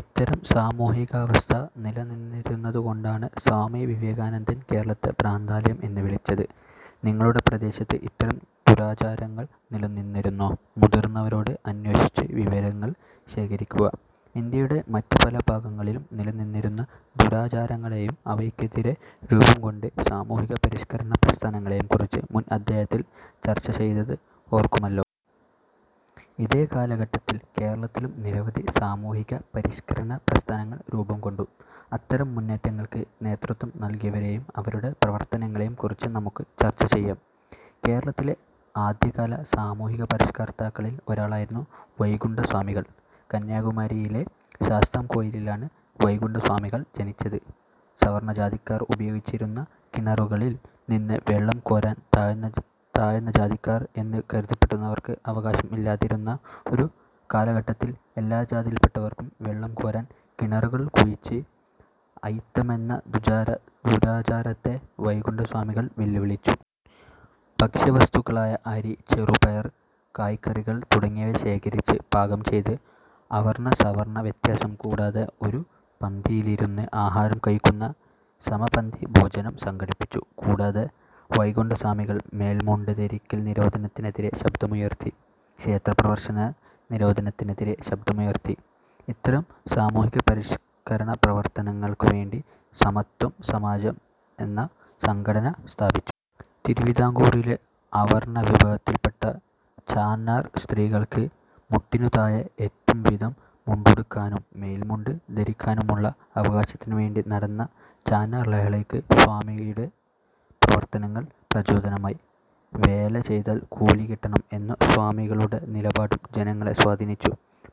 ഇത്തരം സാമൂഹികാവസ്ഥ നിലനിന്നിരുന്നതുകൊണ്ടാണ് സ്വാമി വിവേകാനന്ദൻ കേരളത്തെ ഭ്രാന്താലയം' എന്ന് വിളിച്ചത്. നിങ്ങളുടെ പ്രദേശത്ത് ഇത്തരം ദുരാചാരങ്ങൾ നിലനിന്നിരുന്നോ? മുതിർന്നവരോട് അന്വേഷിച്ച് വിവരങ്ങൾ ശേഖരിക്കുക. ഇന്ത്യയുടെ മറ്റ് പല ഭാഗങ്ങളിലും നിലനിന്നിരുന്ന ദുരാചാരങ്ങളെയും അവയ്ക്കെതിരെ രൂപം കൊണ്ട് സാമൂഹിക പരിഷ്കരണ പ്രസ്ഥാനങ്ങളെയും കുറിച്ച് മുൻ അധ്യായത്തിൽ ചർച്ചചെയ്തത് ഓർക്കുമല്ലോ. ഇതേ കാലഘട്ടത്തിൽ കേരളത്തിലും നിരവധി സാമൂഹിക പരിഷ്കരണ പ്രസ്ഥാനങ്ങൾ രൂപം കൊണ്ടു. അത്തരം മുന്നേറ്റങ്ങൾക്ക് നേതൃത്വം നൽകിയവരെയും അവരുടെ പ്രവർത്തനങ്ങളെയും കുറിച്ച് നമുക്ക് ചർച്ച ചെയ്യാം. കേരളത്തിലെ ആദ്യകാല സാമൂഹ്യപരിഷ്ക്കർത്താക്കളിൽ ഒരാളായിരുന്നു വൈകുണ്ഠസ്വാമികൾ. കന്യാകുമാരിയിലെ ശാസ്താംകോയിലിലാണ് വൈകുണ്ഠ സ്വാമികൾ ജനിച്ചത്. സവർണ്ണജാതിക്കാർ ഉപയോഗിച്ചിരുന്ന കിണറുകളിൽ നിന്ന് വെള്ളം കോരാൻ താഴ്ന്നജാതിക്കാർ എന്ന് കരുതപ്പെട്ടവർക്ക് അവകാശം ഇല്ലാതിരുന്ന ഒരു കാലഘട്ടത്തിൽ എല്ലാ ജാതിയിൽപ്പെട്ടവർക്കും വെള്ളം കോരാൻ കിണറുകൾ കുഴിച്ച് അയിത്തമെന്ന ദുരാചാരത്തെ വൈകുണ്ഠ സ്വാമികൾ വെല്ലുവിളിച്ചു. ഭക്ഷ്യവസ്തുക്കളായ അരി, ചെറുപയർ, കായ്കറികൾ തുടങ്ങിയവ ശേഖരിച്ച് പാകം ചെയ്ത് അവർണ്ണ സവർണ്ണ വ്യത്യാസം കൂടാതെ ഒരു പന്തിയിലിരുന്ന് ആഹാരം കഴിക്കുന്ന സമപന്തി ഭോജനം സംഘടിപ്പിച്ചു. കൂടാതെ വൈകുണ്ഠസ്വാമികൾ മേൽമുണ്ട് ധരിക്കൽ നിരോധനത്തിനെതിരെ ശബ്ദമുയർത്തി. ക്ഷേത്രപ്രവേശന നിരോധനത്തിനെതിരെ ശബ്ദമുയർത്തി. ഇത്തരം സാമൂഹ്യപരിഷ്കരണപ്രവർത്തനങ്ങൾക്കുവേണ്ടി സമത്വസമാജം എന്ന സംഘടന സ്ഥാപിച്ചു. തിരുവിതാംകൂറിലെ അവർണ്ണ വിഭാഗത്തിൽപ്പെട്ട ചാന്നാർ സ്ത്രീകൾക്ക് മുട്ടിനുതാഴെ എത്തും വിധം മുണ്ടുടുക്കാനും മേൽമുണ്ട് ധരിക്കാനുമുള്ള അവകാശത്തിനുവേണ്ടി നടന്ന ചാന്നാർ ലഹളയ്ക്ക് സ്വാമികളുടെ പ്രവർത്തനങ്ങൾ പ്രചോദനമായി. "വേല ചെയ്താൽ കൂലി കിട്ടണം" എന്ന സ്വാമികളുടെ നിലപാടും ജനങ്ങളെ സ്വാധീനിച്ചു.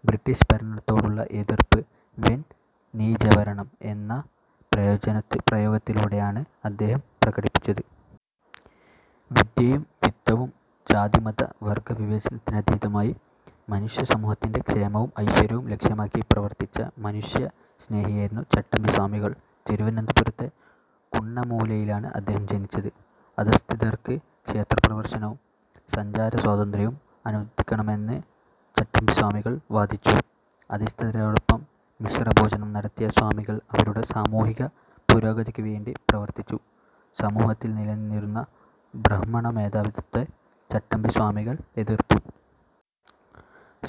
ബ്രിട്ടീഷ് ഭരണത്തോടുള്ള എതിർപ്പ് "വെൺ നീചഭരണം' എന്ന പ്രയോഗത്തിലൂടെയാണ് അദ്ദേഹം പ്രകടിപ്പിച്ചത്. വിദ്യയും വിത്തവും ജാതിമത വർഗ്ഗ വിവേചനത്തിനതീതമായി മനുഷ്യസമൂഹത്തിന്റെ ക്ഷേമവും ഐശ്വര്യവും ലക്ഷ്യമാക്കി പ്രവർത്തിച്ച മനുഷ്യ സ്നേഹിയായിരുന്നു ചട്ടമ്പി സ്വാമികൾ. തിരുവനന്തപുരത്തെ കണ്ണമൂലയിലാണ് അദ്ദേഹം ജനിച്ചത്. അധഃസ്ഥിതർക്ക് ക്ഷേത്രപ്രവേശനവും സഞ്ചാരസ്വാതന്ത്ര്യവും അനുവദിക്കണമെന്ന് ചട്ടമ്പിസ്വാമികൾ വാദിച്ചു. അധഃസ്ഥിതരോടൊപ്പം മിശ്രഭോജനം നടത്തിയ സ്വാമികൾ അവരുടെ സാമൂഹിക പുരോഗതിക്കുവേണ്ടി പ്രവർത്തിച്ചു. സമൂഹത്തിൽ നില നിന്നിരുന്ന ബ്രാഹ്മണമേധാവിത്വത്തെ ചട്ടമ്പിസ്വാമികൾ എതിർത്തു.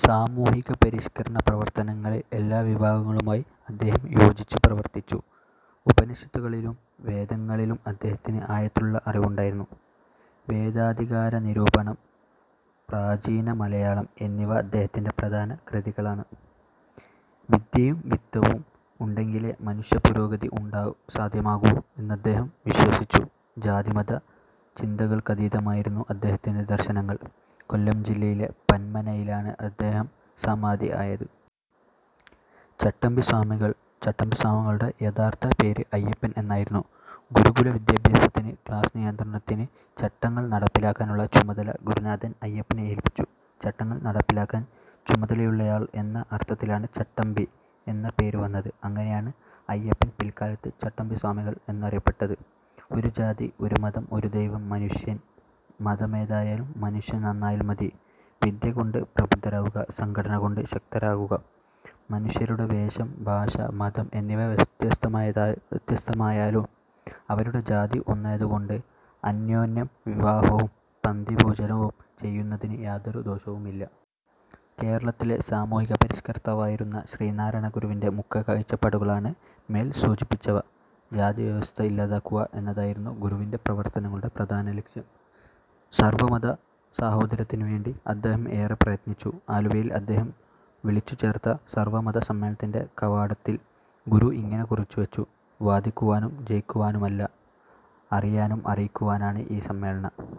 സാമൂഹികപരിഷ്കരണ പ്രവർത്തനങ്ങളിൽ എല്ലാവിഭാഗങ്ങളുമായി അദ്ദേഹം യോജിച്ചു പ്രവർത്തിച്ചു. ഉപനിഷത്തുകളിലും വേദങ്ങളിലും അദ്ദേഹത്തിന് ആഴത്തിലുള്ള അറിവ് ഉണ്ടായിരുന്നു. ""വേദാധികാരനിരൂപണം', ""പ്രാചീനമലയാളം' എന്നിവ അദ്ദേഹത്തിന്റെ പ്രധാന കൃതികളാണ്. ""വിദ്യയും വിത്തവും' ഉണ്ടെങ്കിലേ മനുഷ്യപുരോഗതി സാധ്യമാകൂ എന്നദ്ദേഹം വിശ്വസിച്ചു. ജാതി മത ചിന്തകൾക്കതീതമായിരുന്നു അദ്ദേഹത്തിന്റെ ദർശനങ്ങൾ. കൊല്ലം ജില്ലയിലെ പന്മനയിലാണ് അദ്ദേഹം സമാധി ആയത്. ചട്ടമ്പി സ്വാമികൾ ചട്ടമ്പിസ്വാമികളുടെ യഥാർത്ഥ പേര് അയ്യപ്പൻ എന്നായിരുന്നു. ഗുരുകുല വിദ്യാഭ്യാസകാലത്ത് ക്ലാസ് നിയന്ത്രണത്തിന് ചട്ടങ്ങൾ നടപ്പിലാക്കാനുള്ള ചുമതല ഗുരുനാഥൻ അയ്യപ്പനെ ഏൽപ്പിച്ചു. ചട്ടങ്ങൾ നടപ്പിലാക്കാൻ ചുമതലയുള്ളയാൾ എന്ന അർത്ഥത്തിലാണ് ചട്ടമ്പി എന്ന പേര് വന്നത്. അങ്ങനെയാണ് അയ്യപ്പൻ പിൽക്കാലത്ത് ചട്ടമ്പി സ്വാമികൾ എന്നറിയപ്പെട്ടത്. "ഒരു ജാതി ഒരു മതം ഒരു ദൈവം മനുഷ്യന്' ", "മതമേതായാലും മനുഷ്യൻ നന്നായാൽ മതി', ""വിദ്യകൊണ്ട് പ്രബുദ്ധരാവുക, സംഘടന കൊണ്ട് ശക്തരാകുക' "മനുഷ്യരുടെ വേഷം, ഭാഷ, മതം എന്നിവ വ്യത്യസ്തമായാലും അവരുടെ ജാതി ഒന്നായതുകൊണ്ട്, അന്യോന്യം വിവാഹവും പന്തിഭോജനവും ചെയ്യുന്നതിന് യാതൊരു ദോഷവുമില്ല. ' കേരളത്തിലെ സാമൂഹ്യപരിഷ്കർത്താവായിരുന്ന ശ്രീനാരായണ ഗുരുവിന്റെ മുഖ്യ കാഴ്ചപ്പാടുകളാണ് മേൽ സൂചിപ്പിച്ചവ. ജാതിവ്യവസ്ഥ ഇല്ലാതാക്കുക എന്നതായിരുന്നു ഗുരുവിന്റെ പ്രവർത്തനങ്ങളുടെ പ്രധാനലക്ഷ്യം. സർവ്വമത സാഹോദര്യത്തിനുവേണ്ടി അദ്ദേഹം ഏറെ പ്രയത്നിച്ചു. ആലുവയിൽ അദ്ദേഹം വിളിച്ചുചേർത്ത സർവ്വമത സമ്മേളനത്തിന്റെ കവാടത്തിൽ ഗുരു ഇങ്ങനെ കുറിച്ചുവച്ചു. വാദിക്കുവാനും ജയിക്കുവാനുമല്ല, അറിയാനും അറിയിക്കുവാനുമാണ് ഈ സമ്മേളനം.